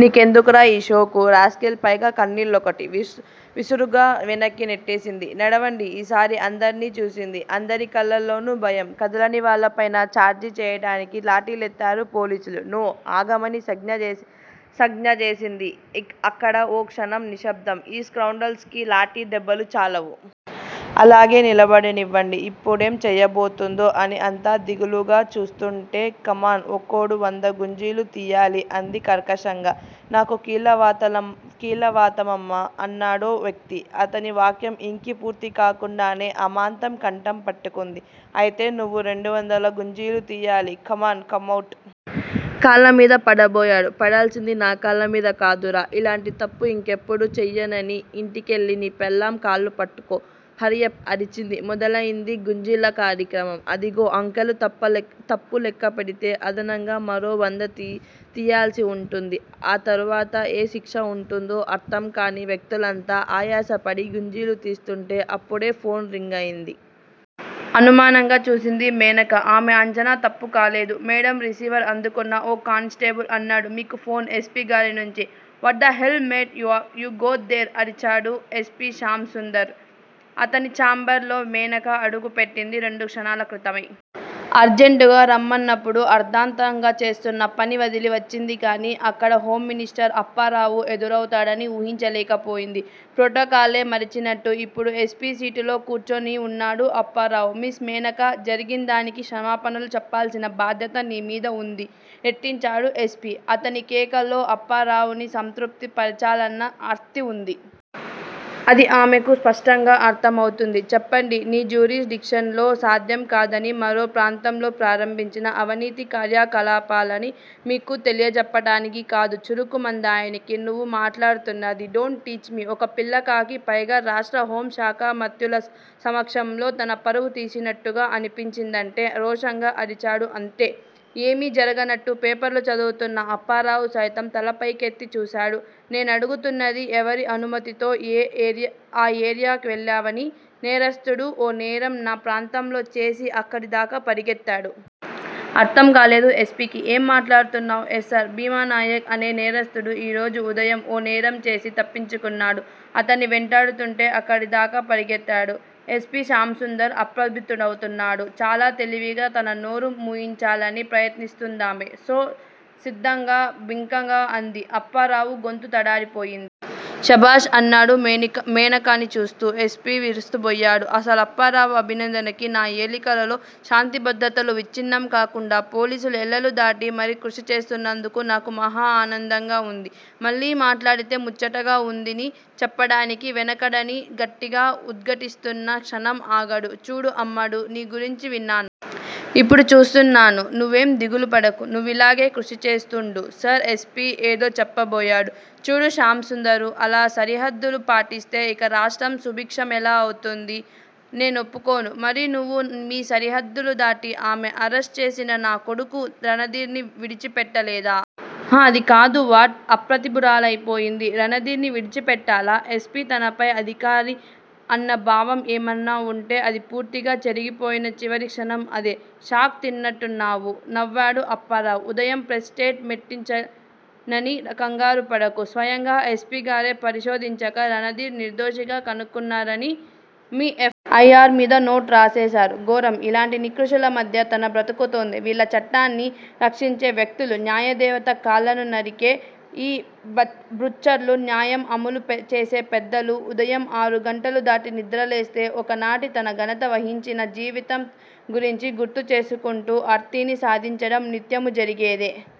నీ కెందుకురా ఈ షోకు? రాస్కెల్ పైగా కళ్ళనీళ్ళొకటి! విసురుగా వెనక్కి నెట్టేసింది. నడవండి. ఈసారి అందర్నీ చూసింది. అందరి కళ్ళలోనూ భయం. కదలని వాళ్ళపైన ఛార్జీ చేయడానికి లాఠీలెత్తారు పోలీసులు. నో! అగమని సంజ్ఞచేసింది. అక్కడ ఓ క్షణం నిశ్సబ్దం. ఈ స్కౌండ్రల్స్ కి లాఠీ దెబ్బలు చాలవు. అలాగే నిలబడనివ్వండి. ఇప్పుడేం చేయబోతుందో అని అంతా దిగులుగా చూస్తుంటే కమాన్ ఒక్కోడూ వంద గుంజీలు తీయాలి అంది కర్కశంగా. నాకు కీళ్ళవాతమమ్మా. అన్నాడో వ్యక్తి. అతని వాక్యం ఇంకీ పూర్తికాకుండానే అమాంతం కంఠం పట్టుకుంది. అయితే, నువ్వు రెండొందల గుంజీలు తీయాలి. Come on-- come out! కాళ్ళమీద పడబోయాడు. పడాల్సింది నా కాళ్ళమీద కాదురా ఇలాంటి తప్పు ఇంకెప్పుడూ చేయనని ఇంటికెళ్ళినీ పెళ్ళాం కాళ్ళు పట్చుకో. హర్రియప్ అరిచింది. మొదలయింది గుంజీల కార్యక్రమం. అదిగో అంకెలు తప్పు లెక్కపెడితే అదనంగా మరో వందతీయాల్సి ఉంటుంది. ఆ తరువాత ఏ శిక్ష ఉంటుందో అర్థంకాని వ్యక్తులంతా ఆయాసపడి గుంజీలు తీస్తుంటే అప్పుడు ఫోన్ రింగయింది. అనుమానంగా చూసింది మేనక. ఆమె ఆంచనా తప్పు కాలేదు. మేడం రిసీవరు అందుకున్న ఓ కానిస్టేబుల్ అన్నాడు మీకు ఫోన్ ఎస్పీ గారి నుంచి. What the hell made you go there? అరిచాడు ఎస్పీ శ్యాం సుందర్. అతని ఛాంబర్ లో మేనక అడుగుపెట్టింది రెండు క్షణాల క్రితమే. అర్జెంటుగా రమ్మన్నప్పుడు అర్థాంతరంగా చేస్తున్న పని వదిలి వచ్చింది కాని, అక్కడ హోంమనిస్టర్ అప్పారావు ఎదురౌతాడని ఊహించలేకపోయింది. ప్రోటోకాలే మరిచినట్టు ఇప్పుడు ఎస్సీసీటులో కూర్చునిఉన్నాడు అప్పారావు. మిస్ మేనకా జరిగిందానికి క్షణాపణలు చెప్పాల్సిన బాధ్యత నీమీద ఉంది. రెట్టించాడు ఎస్పీ. అతని కేకలో అప్పారావుని సంతృప్తి పరచాలన్న ఆర్తి ఉంది. అది ఆమెకు స్పష్టంగా అర్థమౌతూంది. చెప్పండి. నీ జూరిస్ డిక్షనులో సాధ్యం కాదని మరో ప్రాంతంలో ప్రారంభించిన అవినీతి కార్యకలాపాల్ని మీకు తెలియచెప్పటానికి కాదు. చరుక్కుమందాయనికి- నువ్వు మాట్లాడుతున్నది. Don't teach me! ఒక పిల్లకాకి పైగా రాష్ట్ర్రహోం శాఖామాత్యులసమక్షంలో తన పరువు తీస్తున్నట్టుగా అనిపించిందంటే, రోషంగా అరిచాడూ అంటే, ఏమీ జరగనట్టు పేపరు చదువుతున్న అప్పారావు సైతం తలపేకెత్తి చూశాడు- నేనడుగుతున్నది ఎవరి అనుమతితో ఆ ఏరియాకివెళ్ళావని నేరస్థుడు ఓ నేరం నా ప్రాంతంలో చేసి అక్కడిదాకా పరుగెత్తాడు. అర్థం కాలేదు ఎస్పీకి. ఏం మాట్లాడుతున్నావు? ఎస్సర్ భీమనాయక్ అనే నేరస్థుడు ఈరోజు ఉదయం ఓ నేరం చేసి తప్పించుకున్నాడు. అతన్ని వెంటాడుతుంటే అక్కడితాకా పరుగెత్తాడు. ఎస్పీ శ్యామసుదంర్ అప్రతిభూడౌతున్నడు చాలా తెలివిగా తన నోరు మూయించాలని ప్రయత్నిస్తూందామె. సో స్థిరంగా, బింకంగా అంది. అప్పారావు గొంతు తడారిపోయి. శభాష్! అన్నాడు మేనకనిచూస్తూ ఎస్పీ విస్తుపోయాడు అప్సపారావు అభినందనకి. నా ఏలికలో శాంతిభద్రతలు విచ్ఛిన్నం కాకుండా పోలీసులు ఎల్లలు దాటి మరీ కృషీ చేస్తున్నందుకు నాకు మహదానందంగా ఉంది. మళ్ళీ మట్లాడితే ముచ్చటగా ఉందిని చెప్పడానికి వెనకడని గట్టిగా ఉద్ఘాటిస్తున్నాను. క్షణం ఆగాడు. చూడు అమ్మడూ, నీ గురించి విన్నా. ఇప్పుడు చూస్తున్నాను. నువ్వే దిగులుపడకు. నువ్విలాగే కృషి చేస్తూండు. సర్ ఎస్పీ ఏదో చెప్పబోయాడు. చూడు శ్యాం సుందరూ! అలా సరిహద్దులు పాటిస్తే ఇక రాష్ట్ర్రంసుభిక్షమెలా అవుతుంది? నే నొప్పుకోను. మరి నువ్వు మీ సరిహద్ధలు దాటి ఆమె ఆరెస్టు చేసిన నా కొడుకు రణదీర్ ని విడిచిపెట్టలేదా? అహ- అదికాదు వ్వాట్? అప్రతిభురాలైపోయింది- రణధీర్ ని విడిచిపెట్టారా? ఎస్పీ- తనపై అధికారి అన్న భావం ఏమన్నా ఉంటే అది పూర్తిగా చెరిగిపోయిన చివరిక్షణం అదే. షాక్ తిన్నట్టున్నావు! నవ్వాడు అప్పారావు. ఉదయం ప్రెస్ స్టేట్ మెంటిచ్చానని కంగారుపడకు. స్వయంగా ఎస్పీ గారే పరిశోధించాక రణధీర్ నిర్దోషిగా కనుక్కున్నారని మీ ఎ. ఐ. ఆర్. మీద నోట్ రేసేశారు. ఘోరం! ఇలాంటి నికృష్ఠుల మధ్య తను బ్రతుకుతోంది! వీళ్ళాచట్టాన్ని రక్షించే వ్యక్తులు? న్యాయదేవత కాళ్ళను నరికే ఈ 'బుచ్చర్స్ ' న్యాయం అమలు చేసే పెద్దలు. ఉదయం ఆరు గంటలు దాటి నిద్రలేస్తే ఒకనాటి తన ఘనత వహించిన జీవితం గురించి గుర్తుచేసుకుంటూ ఆర్తిని సాధించడం నిత్యమూ జరిగేదే.